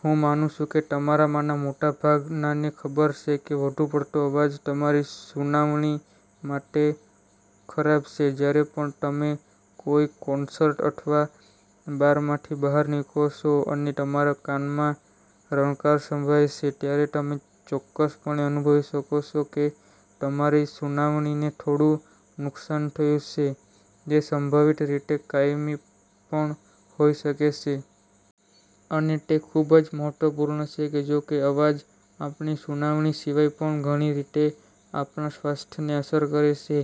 હું માનું છું કે તમારામાંના મોટા ભાગનાને ખબર છે કે વધુ પડતો અવાજ તમારી સુનાવણી માટે ખરાબ છે. જ્યારે પણ તમે કોઈ કોન્સર્ટ અથવા બારમાંથી બહાર નીકળો છો અને તમારા કાનમાં રણકારા સંભળાય છે, ત્યારે તમે ચોક્કસપણે અનુભવી શકો છો કે તમારી સુનાવણીને થોડું નુકસાન થયું છે, જે સંભવિત રીતે કાયમી પણ હોઈ શકે છે. અને તે ખૂબ જ મહત્વપૂર્ણ છે. જોકે, અવાજ આપણી સુનાવણી સિવાય પણ ઘણી રીતે આપણા સ્વાસ્થ્યને અસર કરે છે.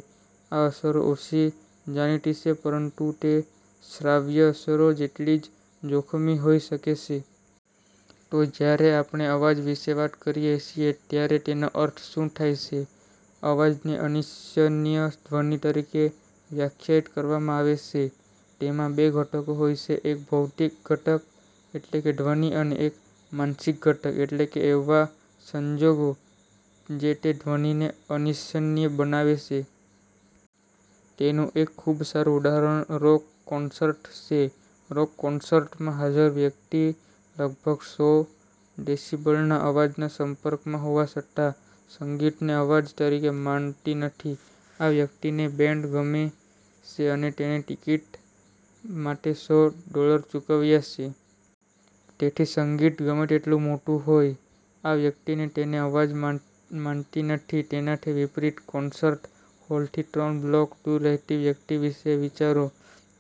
આ અસરો ઓછી જાણીતી છે, પરંતુ તે શ્રાવ્ય અસરો જેટલી જ જોખમી હોઈ શકે છે. તો જ્યારે આપણે અવાજ વિશે વાત કરીએ છીએ, ત્યારે તેનો અર્થ શું થાય છે? અવાજને અનિચ્છનીય ધ્વનિ તરીકે વ્યાખ્યાયિત કરવામાં આવે છે. તેમાં બે ઘટકો હોય છે: એક ભૌતિક ઘટક, એટલે કે ધ્વનિ, અને એક માનસિક ઘટક, એટલે કે એવા સંજોગો જે તે ધ્વનિને અનિચ્છનીય બનાવે છે. તેનું એક ખૂબ સારું ઉદાહરણ રોક કોન્સર્ટ છે. રોક કોન્સર્ટમાં હાજર વ્યક્તિ લગભગ સો ડેસિબલના અવાજના સંપર્કમાં હોવા છતાં સંગીતને અવાજ તરીકે માનતી નથી. આ વ્યક્તિને બેન્ડ ગમે છે અને તેણે ટિકિટ માટે સો ડોલર ચૂકવ્યા છે. તેથી સંગીત ગમે તેટલું મોટું હોય, આ વ્યક્તિ તેને અવાજ માનતી નથી. તેનાથી વિપરીત, કોન્સર્ટ હોલથી ત્રણ બ્લોક દૂર રહેતી વ્યક્તિ વિશે વિચારો.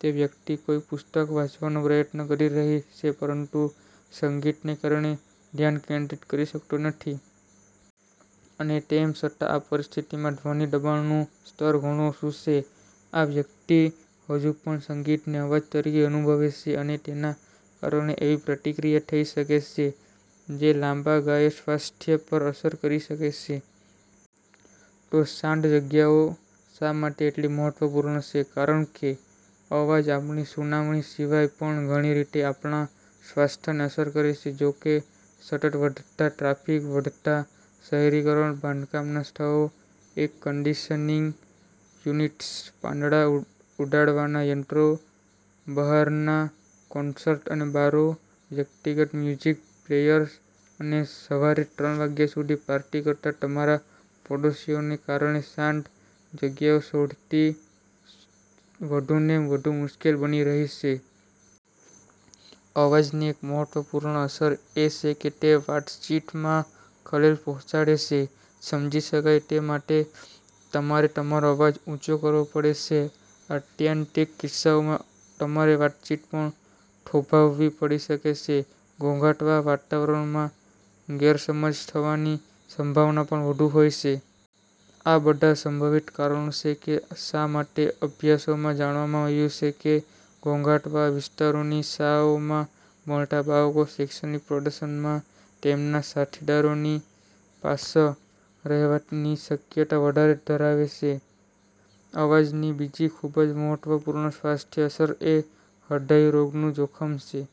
તે વ્યક્તિ કોઈ પુસ્તક વાંચવાનો પ્રયત્ન કરી રહી છે, પરંતુ સંગીતને કારણે ધ્યાન કેન્દ્રિત કરી શકતી નથી. અને તેમ છતાં આ પરિસ્થિતિમાં ધ્વનિ દબાણનું સ્તર ઘણું ઓછું છે, આ વ્યક્તિ હજુ પણ સંગીતને અવાજ તરીકે અનુભવે છે અને તેના કારણે એવી પ્રતિક્રિયા થઈ શકે છે, જે લાંબા ગાળે સ્વાસ્થ્ય પર અસર કરી શકે છે. તો શાંત જગ્યાઓ શા માટે એટલી મહત્વપૂર્ણ છે? કારણ કે અવાજ આપણી સુનાવણી સિવાય પણ ઘણી રીતે આપણા સ્વાસ્થ્યને અસર કરે છે. જોકે, સતત વધતા ટ્રાફિક, વધતા શહેરીકરણ, બાંધકામના સ્થળો, એર કન્ડિશનિંગ યુનિટ્સ, પાંદડાં ઉડાડવાના યંત્રો, બહારના કોન્સર્ટ અને બારો, વ્યક્તિગત મ્યુઝિક પ્લેયર્સ અને સવારે ત્રણ વાગ્યા સુધી પાર્ટી કરતા તમારા પડોશીઓને કારણે શાંત જગ્યાઓ શોધવી વધુને વધુ મુશ્કેલ બની રહી છે. અવાજની એક મહત્વપૂર્ણ અસર એ છે કે તે વાતચીતમાં ખલેલ પહોંચાડે છે. સમજી શકાય તે માટે તમારે તમારો અવાજ ઊંચો કરવો પડે છે. આત્યંતિક કિસ્સાઓમાં, તમારે વાતચીત પણ થોભાવવી પડી શકે છે. ઘોંઘાટવાળા વાતાવરણમાં ગેરસમજ થવાની સંભાવના પણ વધુ હોય છે. આ બધાં સંભવિત કારણો છે કે શા માટે અભ્યાસોમાં જાણવા મળ્યું છે કે ઘોંઘાટવાળા વિસ્તારોની શાળાઓમાં ભણતાં બાળકો શૈક્ષણિક પ્રદર્શનમાં તેમના સાથીદારોથી પાછળ રહેવાની શક્યતા વધારે ધરાવે છે. અવાજની બીજી ખૂબ જ મહત્વપૂર્ણ સ્વાસ્થ્ય અસર એ હૃદયરોગનું જોખમ છે.